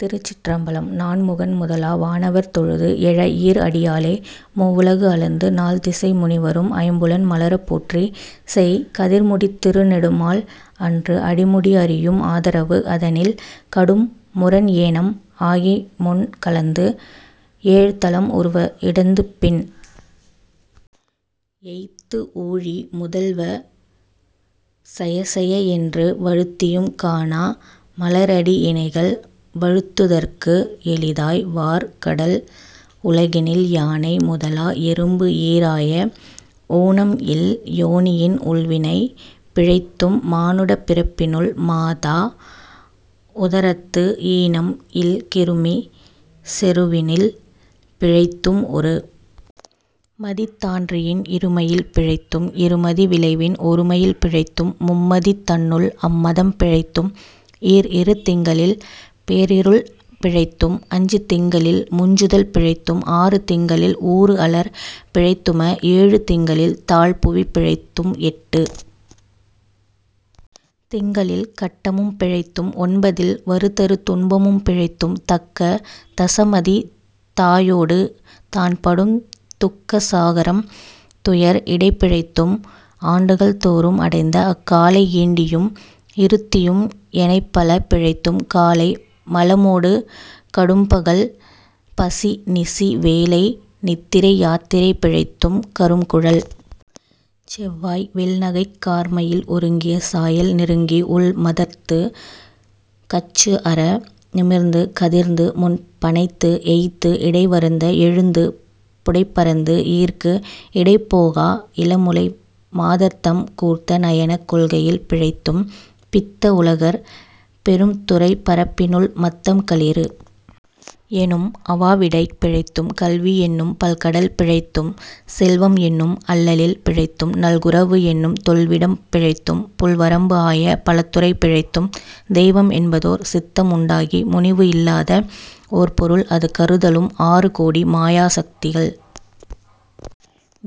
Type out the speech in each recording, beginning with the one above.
திருச்சிற்றம்பலம் நான்முகன் முதலா வானவர் தொழுது எழ ஈர் அடியாலே மூவுலகு அளந்து நால் திசை முனிவரும் ஐம்புலன் மலரப் போற்றி செய் கதிர்முடித் திருநெடுமால் அன்று அடிமுடி அறியும் ஆதரவு அதனில் கடும் முரண் ஏனம் ஆகிமுன் கலந்து ஏழ்தலம் உருவ இடந்து பின் எய்த்து ஊழி முதல்வ சயசய என்று வழுத்தியும் காணா மலர்அடி இணைகள் வழுத்துதற்கு எளிதாய் வார் கடல் உலகினில் யானை முதலா எறும்பு ஈறாய ஊனம் இல் யோனியின் உள்வினை பிழைத்தும் மானுடப் பிறப்பினுள் மாதா உதரத்து ஈனம் இல் கிருமிச் செருவினில் பிழைத்தும் ஒரு மதித் தான்றியின் இருமையில் பிழைத்தும் இருமதி விளைவின் ஒருமையில் பிழைத்தும் மும்மதி தன்னுள் அம்மதம் பிழைத்தும் ஈர் இரு திங்களில் பேர் இருள் பிழைத்தும் அஞ்சு திங்களில் முஞ்சுதல் பிழைத்தும் ஆறு திங்களில் ஊறு அலர் பிழைத்தும ஏழு திங்களில் தாழ் புவி பிழைத்தும் எட்டுத் திங்களில் கட்டமும் பிழைத்தும் ஒன்பதில் வருதரு துன்பமும் பிழைத்தும் தக்க தசமதி தாயொடு தான்படும் துக்க சாகரம் துயர் இடைப்பிழைத்தும் ஆண்டுகள் தோறும் அடைந்த அக்காலை ஈண்டியும் இருத்தியும் எனைப்பல பிழைத்தும் காலை மலமொடு கடும்பகல் பசி நிசி வேலை நித்திரை யாத்திரை பிழைத்தும் கரும்குழல் செவ்வாய் வெள்நகைக் கார்மயில் ஒருங்கிய சாயல் நெருங்கி உள் மதர்த்துக் கச்சு அற நிமிர்ந்து கதிர்ந்து முன் பணைத்து எய்த்து இடைவருந்த எழுந்து புடைபரந்து ஈர்க்கு இடைபோகா இளமுலை மாதர்தம் கூர்த்த நயனக் கொள்ளையில் பிழைத்தும் பித்த உலகர் பெரும் துறைப் பரப்பினுள் மத்தம் களிறு எனும் அவாவிடைப் பிழைத்தும் கல்வி என்னும் பல்கடல் பிழைத்தும் செல்வம் என்னும் அல்லலில் பிழைத்தும் நல்குரவு என்னும் தொல்விடம் பிழைத்தும் புல்வரம்பு ஆய பலதுறை பிழைத்தும் தெய்வம் என்பதோர் சித்தம் உண்டாகி முனிவு இலாதது ஓர் பொருள் அது கருதலும் ஆறு கோடி மாயா சக்திகள்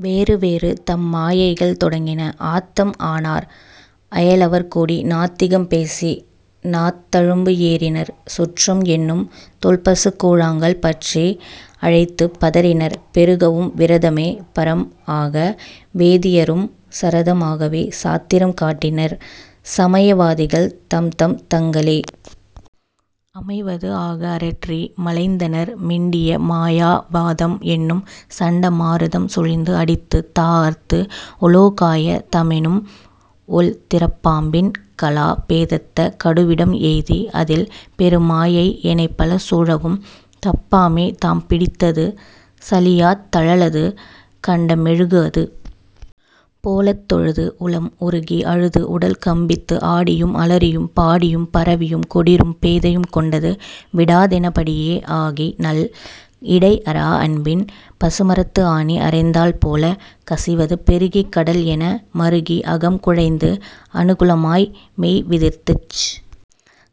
வேறு வேறு தம் மாயைகள் தொடங்கின ஆத்தம் ஆனார் அயலவர் கூடி நாத்திகம் பேசி நாத்தழும்பு ஏறினர் சுற்றம் என்னும் தொல்பசுக் குழாங்கள் பற்றி அழைத்துப் பதறினர் பெருகவும் விரதமே பரம் ஆக வேதியரும் சரதம் ஆகவே சாத்திரம் காட்டினர் சமய வாதிகள் தம்தம் தங்களே அமைவது ஆக அரற்றி மலைந்தனர் மிண்டிய மாயா வாதம் என்னும் சண்ட மாருதம் சுழிந்து அடித்துத் தாஅர்த்து உலோகாய தமெனும் ஒள் திறப்பாம்பின் கலா பேதத்த கடுவிடம் எய்தி அதில் பெருமாயை எனைப்பல சூழவும் தப்பாமே தாம் பிடித்தது சலியாத் தழலது கண்ட மெழுகு அது போலத் தொழுது உளம் உருகி அழுது உடல்கம்பித்து ஆடியும் அலறியும் பாடியும் பரவியும் கொடிறும் பேதையும் கொண்டது விடாதென படியே ஆகி நல் இடைஅறா அன்பின் பசுமரத்து ஆணி அறைந்தால் போலக் கசிவது பெருகிக் கடல் என மறுகி அகம் குழைந்து அனுகுலமாய் மெய் விதிர்த்துச்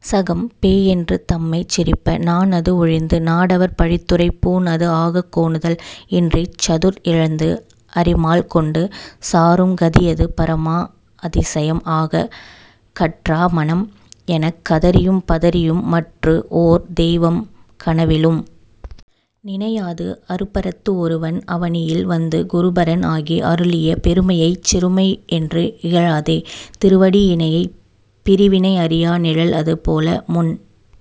சகம் பேய் என்று தம்மைச் சிரிப்ப நாண் அது ஒழிந்து நாடவர் பழித்துரை பூண் அது ஆகக் கோணுதல் இன்றிச் சதுர் இழந்து அறிமால் கொண்டு சாரும் கதியது பரமா அதிசயம் ஆகக் கற்றா மனம் எனக் கதறியும் பதறியும் மற்று ஓர் தெய்வம் கனவிலும் நினையாது அருபரத்து ஒருவன் அவனியில் வந்து குருபரன் ஆகி அருளிய பெருமையைச் சிறுமை என்று இகழாதே திருவடி இணையைப் பிறிவினை அறியா நிழல் அது போல முன்